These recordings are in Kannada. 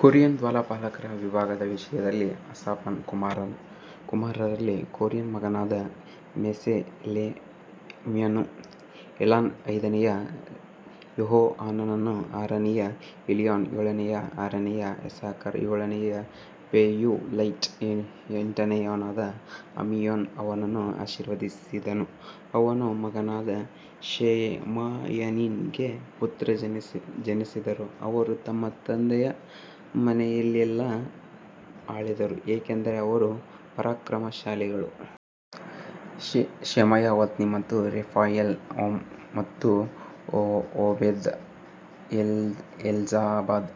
ಕೊರ್ಹಿಯರ ದ್ವಾರಪಾಲಕರ ವಿಭಾಗಗಳ ವಿಷಯದಲ್ಲಿ ಆಸಾಫನ ಕುಮಾರರಲ್ಲಿ ಕೋರೆನ ಮಗನಾದ ಮೆಷೆಲೆಮ್ಯನು. ಏಲಾಮ್ ಐದನೆಯ ಯೆಹೋಹಾನಾನ್ ಆರನೆಯ ಎಲಿಯೋನ್ ಏಳನೆಯವನು ಆರನೆಯ ಇಸ್ಸಾಕಾರ್ ಏಳನೆಯ ಪೆಯುಲ್ತೈ ಎಂಟನೆಯವನಾದ ಅಮ್ಮೀಯೇಲ್ ಅವನನ್ನು ಆಶೀರ್ವದಿಸಿದನು ಅವನ ಮಗನಾದ ಶೆಮಾಯನಿಗೆ ಪುತ್ರರು ಜನಿಸಿದರು, ಅವರು ತಮ್ಮ ತಂದೆಯ ಮನೆಯಲ್ಲೆಲ್ಲಾ ಆಳಿದರು, ಏಕೆಂದರೆ ಅವರು ಪರಾಕ್ರಮಶಾಲಿಗಳು. ಶೆಮಾಯ ಒತ್ನಿ ಮತ್ತು ರೆಫಾಯೇಲ್ ಮತ್ತು ಓಬೇದ್ ಎಲ್ಜಾಬಾದ್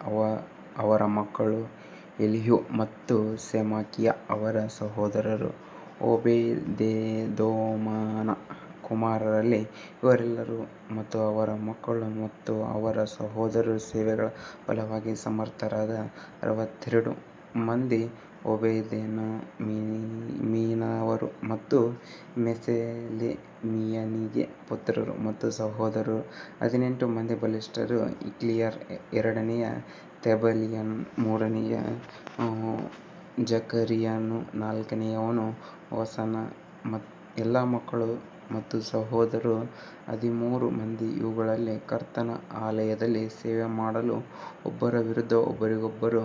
ಅವರ ಮಕ್ಕಳು ಎಲಿಹು ಮತ್ತು ಸೆಮಾಕಿಯಾ ಅವರ ಸಹೋದರರು. ಓಬೇದೆದೋಮನ ಕುಮಾರರಲ್ಲಿ ಇವರೆಲ್ಲರೂ ಮತ್ತು ಅವರ ಮಕ್ಕಳು ಮತ್ತು ಅವರ ಸಹೋದರರು ಸೇವೆಗೆ ಬಲವಾಗಿ ಸಮರ್ಥರಾದ ಅರವತ್ತೆರಡು ಮಂದಿ ಓಬೇದೆದೋಮಿನವರು. ಮತ್ತು ಮೆಷೆಲೆಮಿಯನಿಗೆ ಪುತ್ರರು ಮತ್ತು ಸಹೋದರರು ಹದಿನೆಂಟು ಮಂದಿ ಬಲಿಷ್ಠರು ಹಿಲ್ಕೀಯನು ಎರಡನೆಯ ತೆಬಲೀಯನು ಮೂರನೆಯ ಜಕರೀಯನು ನಾಲ್ಕನೆಯವನು ಹೋಸನ ಎಲ್ಲಾ ಮಕ್ಕಳು ಮತ್ತು ಸಹೋದರರು ಹದಿಮೂರು ಮಂದಿ ಇವುಗಳಲ್ಲಿ ಕರ್ತನ ಆಲಯದಲ್ಲಿ ಸೇವೆಮಾಡಲು ಒಬ್ಬರ ವಿರುದ್ಧ ಒಬ್ಬರಿಗೊಬ್ಬರು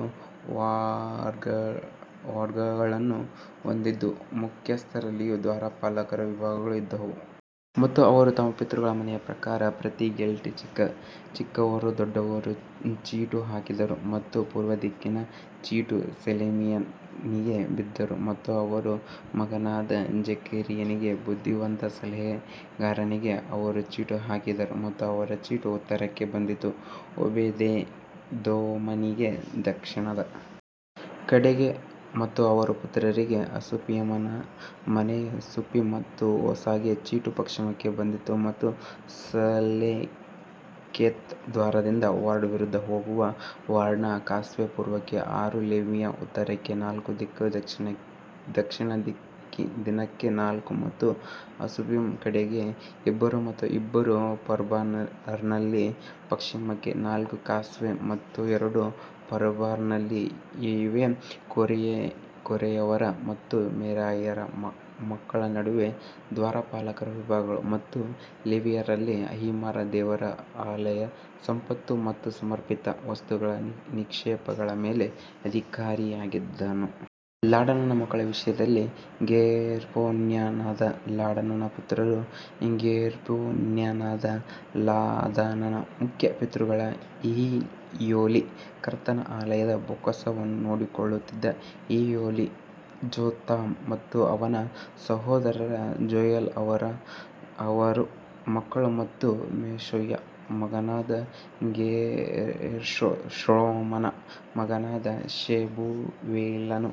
ವಾರ್ಡ್ಗಳನ್ನು ಹೊಂದಿದ್ದ ಮುಖ್ಯಸ್ಥರಲ್ಲಿಯೂ ದ್ವಾರಪಾಲಕರ ವಿಭಾಗಗಳು ಇದ್ದವು. ಮತ್ತು ಅವರು ತಮ್ಮ ಪಿತೃಗಳ ಮನೆಯ ಪ್ರಕಾರ ಪ್ರತಿ ಗೇಟ್ಗೆ ಚಿಕ್ಕವರೂ ದೊಡ್ಡವರೂ ಚೀಟು ಹಾಕಿದರು ಮತ್ತು ಪೂರ್ವದಿಕ್ಕಿನ ಚೀಟು ಶೆಲೆಮಿಯನಿಗೆ ಬಿದ್ದಿತು ಮತ್ತು ಅವನ ಮಗನಾದ ಜೆಕರೀಯನಿಗೆ ಬುದ್ಧಿವಂತ ಸಲಹೆಗಾರನಿಗೆ ಅವರು ಚೀಟು ಹಾಕಿದರು ಮತ್ತು ಅವನ ಚೀಟು ಉತ್ತರಕ್ಕೆ ಬಂದಿತು. ಓಬೇದೆದೋಮನಿಗೆ ದಕ್ಷಿಣದ ಕಡೆಗೆ ಮತ್ತು ಅವನ ಪುತ್ರರಿಗೆ ಅಸುಪ್ಪೀಮನ ಮನೆ ಶುಪ್ಪೀಮ್ ಮತ್ತು ಹೋಸಾಗೆ ಚೀಟು ಪಶ್ಚಿಮಕ್ಕೆ ಬಂದಿತು ಮತ್ತು ಶಲ್ಲೆಕೆತ್ ದ್ವಾರದಿಂದ ವಾರ್ಡ್ ವಿರುದ್ಧ ಹೋಗುವ ವಾರ್ಡಿನ ಕಾಸ್ವೇ ಪೂರ್ವಕ್ಕೆ ಆರು ಲೇವಿಯರು ಉತ್ತರಕ್ಕೆ ನಾಲ್ಕು ದಿನಕ್ಕೆ ದಕ್ಷಿಣಕ್ಕೆ ದಿನಕ್ಕೆ ನಾಲ್ಕು ಮತ್ತು ಅಸುಪ್ಪಿಮ್ ಕಡೆಗೆ ಇಬ್ಬರು ಮತ್ತು ಇಬ್ಬರು ಪರ್ಬಾರ್ನಲ್ಲಿ ಪಶ್ಚಿಮಕ್ಕೆ ನಾಲ್ಕು ಕಾಸ್ವೇ ಮತ್ತು ಎರಡು ಪರ್ಬಾರ್ನಲ್ಲಿ ಇವೇ ಕೋರೆಯವರ ಮತ್ತು ಮೆರಾರಿಯ ಮಕ್ಕಳ ನಡುವೆ ದ್ವಾರಪಾಲಕರ ವಿಭಾಗಗಳು ಮತ್ತು ಲೇವಿಯರಲ್ಲಿ ಅಹೀಯನು ದೇವರ ಆಲಯದ ಸಂಪತ್ತು ಮತ್ತು ಸಮರ್ಪಿತ ವಸ್ತುಗಳ ನಿಕ್ಷೇಪಗಳ ಮೇಲೆ ಅಧಿಕಾರಿಯಾಗಿದ್ದನು. ಲಾಡನನ ಮಕ್ಕಳ ವಿಷಯದಲ್ಲಿ ಗೇರ್ಷೋನ್ಯನಾದ ಲಾಡನನ ಪುತ್ರರು ಗೇರ್ಷೋನ್ಯನಾದ ಲಾದಾನನ ಮುಖ್ಯ ಪಿತೃಗಳು ಯೆಹಿಯೇಲಿ. ಕರ್ತನ ಆಲಯದ ಬೊಕ್ಕಸವನ್ನು ನೋಡಿಕೊಳ್ಳುತ್ತಿದ್ದ ಯೆಹಿಯೇಲಿ ಝೆತಾಮ್ ಮತ್ತು ಅವನ ಸಹೋದರ ಜೋಯಲ್ ಅವರ ಮಕ್ಕಳು ಮತ್ತು ಮೋಶೆಯ ಮಗನಾದ ಗೇರ್ಷೋಮನ ಮಗನಾದ ಶೆಬೂವೇಲನು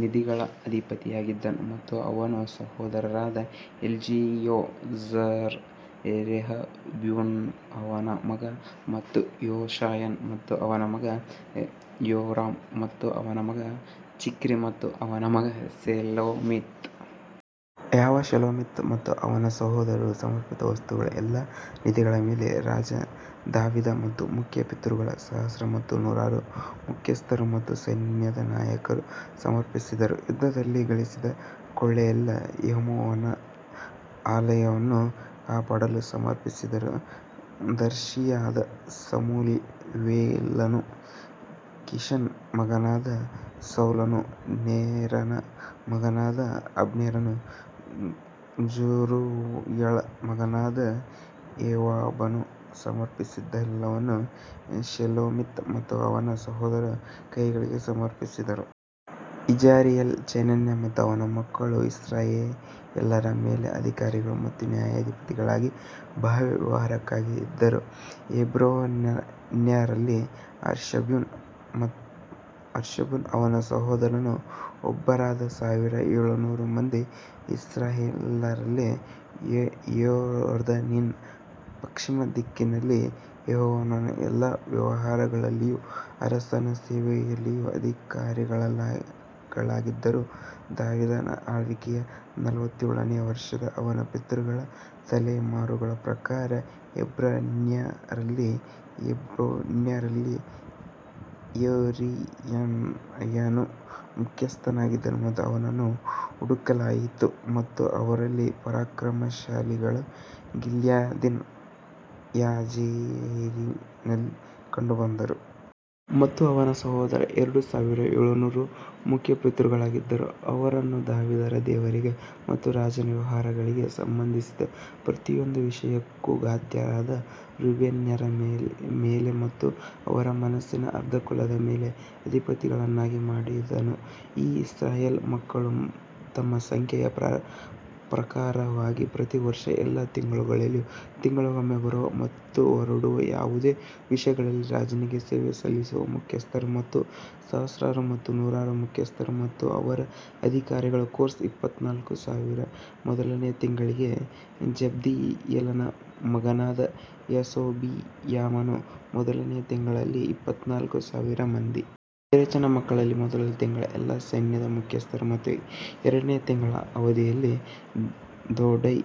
ನಿಧಿಗಳ ಅಧಿಪತಿಯಾಗಿದ್ದನು ಮತ್ತು ಅವನ ಸಹೋದರರಾದ ಎಲಿಯೆಜರ್ ರೆಹಬ್ಯನು ಅವನ ಮಗ ಮತ್ತು ಯೆಶಾಯನು ಮತ್ತು ಅವನ ಮಗ ಯೋರಾಮ್ ಮತ್ತು ಅವನ ಮಗ ಜಿಕ್ರಿ ಮತ್ತು ಅವನ ಮಗ ಶೆಲೋಮಿತ್. ಯಾವ ಶೆಲೋಮಿತ್ ಮತ್ತು ಅವನ ಸಹೋದರರು ಸಮರ್ಪಿತ ವಸ್ತುಗಳ ಎಲ್ಲಾ ನಿಧಿಗಳ ಮೇಲೆ ರಾಜ ದಾವೀದ ಮತ್ತು ಮುಖ್ಯ ಪಿತೃಗಳು ಸಹಸ್ರ ಮತ್ತು ನೂರರ ಮುಖ್ಯಸ್ಥರು ಮತ್ತು ಸೈನ್ಯದ ನಾಯಕರು ಸಮರ್ಪಿಸಿದರು. ಯುದ್ಧದಲ್ಲಿ ಗಳಿಸಿದ ಕೊಳ್ಳೆಯಲ್ಲಿ ಯೆಹೋವನ ಆಲಯವನ್ನು ಕಾಪಾಡಲು ಸಮರ್ಪಿಸಿದರು ದರ್ಶಿಯಾದ ಸಮುವೇಲನೂ ಕೀಷನ ಮಗನಾದ ಸೌಲನೂ ನೇರನ ಮಗನಾದ ಅಬ್ನೇರನೂ ಝೆರೂಯಳ ಮಗನಾದ ಯೋವಾಬನೂ ಸಮರ್ಪಿಸಿದದ್ದೆಲ್ಲವನ್ನೂ ಶೆಲೋಮಿತ್ ಮತ್ತು ಅವನ ಸಹೋದರರ ಕೈಕೆಳಗೆ ಸಮರ್ಪಿಸಿದರು. ಇಜಾರಿಯರಲ್ಲಿ ಚೆನನ್ಯ ಮತ್ತು ಅವನ ಮಕ್ಕಳು ಇಸ್ರಾಯೇಲ್ಯರ ಮೇಲೆ ಅಧಿಕಾರಿಗಳು ಮತ್ತು ನ್ಯಾಯಾಧಿಪತಿಗಳಿಗಾಗಿ ಬಾಹ್ಯ ವ್ಯವಹಾರಕ್ಕಾಗಿ ಇದ್ದರು ಹೆಬ್ರೋನ್ಯರಲ್ಲಿ ಹಷಬ್ಯನೂ ಅವನ ಸಹೋದರರೂ ಒಬ್ಬರಾದ ಸಾವಿರದ ಏಳುನೂರು ಮಂದಿ ಇಸ್ರಾಯೇಲ್ಯರಲ್ಲಿ ಯೋರ್ದನಿನ ಪಶ್ಚಿಮ ದಿಕ್ಕಿನಲ್ಲಿ ಯೆಹೋವನ ಎಲ್ಲಾ ವ್ಯವಹಾರಗಳಲ್ಲಿಯೂ ಅರಸನ ಸೇವೆಯಲ್ಲಿಯೂ ಅಧಿಕಾರಿಗಳಾಗಿದ್ದರು. ದಾವೀದನ ಆಳ್ವಿಕೆಯ ನಲವತ್ತನೆಯ ವರ್ಷದಲ್ಲಿ ಅವನ ಪಿತೃಗಳ ತಲೆಮಾರುಗಳ ಪ್ರಕಾರ ಹೆಬ್ರೋನ್ಯರಲ್ಲಿ ಹೆಬ್ರೋನ್ಯರಲ್ಲಿ ಯೆರೀಯನು ಮುಖ್ಯಸ್ಥನಾಗಿದ್ದನು ಮತ್ತು ಅವರನ್ನು ಹುಡುಕಲಾಯಿತು ಮತ್ತು ಅವರಲ್ಲಿ ಪರಾಕ್ರಮಶಾಲಿಗಳು ಗಿಲ್ಯಾದಿನ ಯಾಜೇರಿನಲ್ಲಿ ಕಂಡುಬಂದರು. ಮತ್ತು ಅವನ ಸಹೋದರರು ಎರಡು ಸಾವಿರದ ಏಳುನೂರು ಮುಖ್ಯ ಪಿತೃಗಳಾಗಿದ್ದರು, ಅವರನ್ನು ದಾವೀದನು ದೇವರಿಗೆ ಮತ್ತು ರಾಜನ ವ್ಯವಹಾರಗಳಿಗೆ ಸಂಬಂಧಿಸಿದ ಪ್ರತಿಯೊಂದು ವಿಷಯಕ್ಕೂ ಗಾದ್ಯರಾದ ರೂಬೇನ್ಯರ ಮೇಲೆ ಮತ್ತು ಮನಸ್ಸೆಯ ಅರ್ಧ ಕುಲದ ಮೇಲೆ ಅಧಿಪತಿಗಳನ್ನಾಗಿ ಮಾಡಿದನು. ಈಗ ಇಸ್ರಾಯೇಲ್ ಮಕ್ಕಳು ತಮ್ಮ ಸಂಖ್ಯೆಯ ಪ್ರಕಾರವಾಗಿ ಪ್ರತಿ ವರ್ಷದ ಎಲ್ಲಾ ತಿಂಗಳುಗಳಲ್ಲಿ ತಿಂಗಳಿಗೊಮ್ಮೆ ಬರುವ ಮತ್ತು ಹೊರಡುವ ಯಾವುದೇ ವಿಷಯಗಳಲ್ಲಿ ರಾಜನಿಗೆ ಸೇವೆ ಸಲ್ಲಿಸಿದ ಮುಖ್ಯಸ್ಥರು ಮತ್ತು ಸಹಸ್ರಾರು ಮತ್ತು ನೂರರ ಮುಖ್ಯಸ್ಥರು ಮತ್ತು ಅವರ ಅಧಿಕಾರಿಗಳು ಕೋರ್ಸ್ ಇಪ್ಪತ್ತನಾಲ್ಕು ಸಾವಿರ ಮೊದಲನೆಯ ತಿಂಗಳಿಗೆ ಜಬ್ದಿಯೇಲನ ಮಗನಾದ ಯಶೋಬೆಯಾಮನು ಮೊದಲನೆಯ ತಿಂಗಳಿನಲ್ಲಿ ಇಪ್ಪತ್ತನಾಲ್ಕು ಸಾವಿರ ಮಂದಿ. ಪೆರೆಚನ ಮಕ್ಕಳಲ್ಲಿ ಮೊದಲ ತಿಂಗಳ ಎಲ್ಲಾ ಸೈನ್ಯದ ಮುಖ್ಯಸ್ಥರು ಮತ್ತು ಎರಡನೆಯ ತಿಂಗಳ ಅವಧಿಯಲ್ಲಿ ದೊಡೈ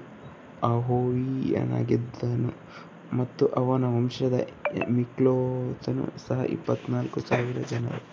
ಅಹೋಹಿಯನಾಗಿದ್ದನು ಮತ್ತು ಅವನ ವಂಶದ ಮಿಕ್ಲೋತನು ಸಹ ಇಪ್ಪತ್ನಾಲ್ಕು ಸಾವಿರ ಜನರು.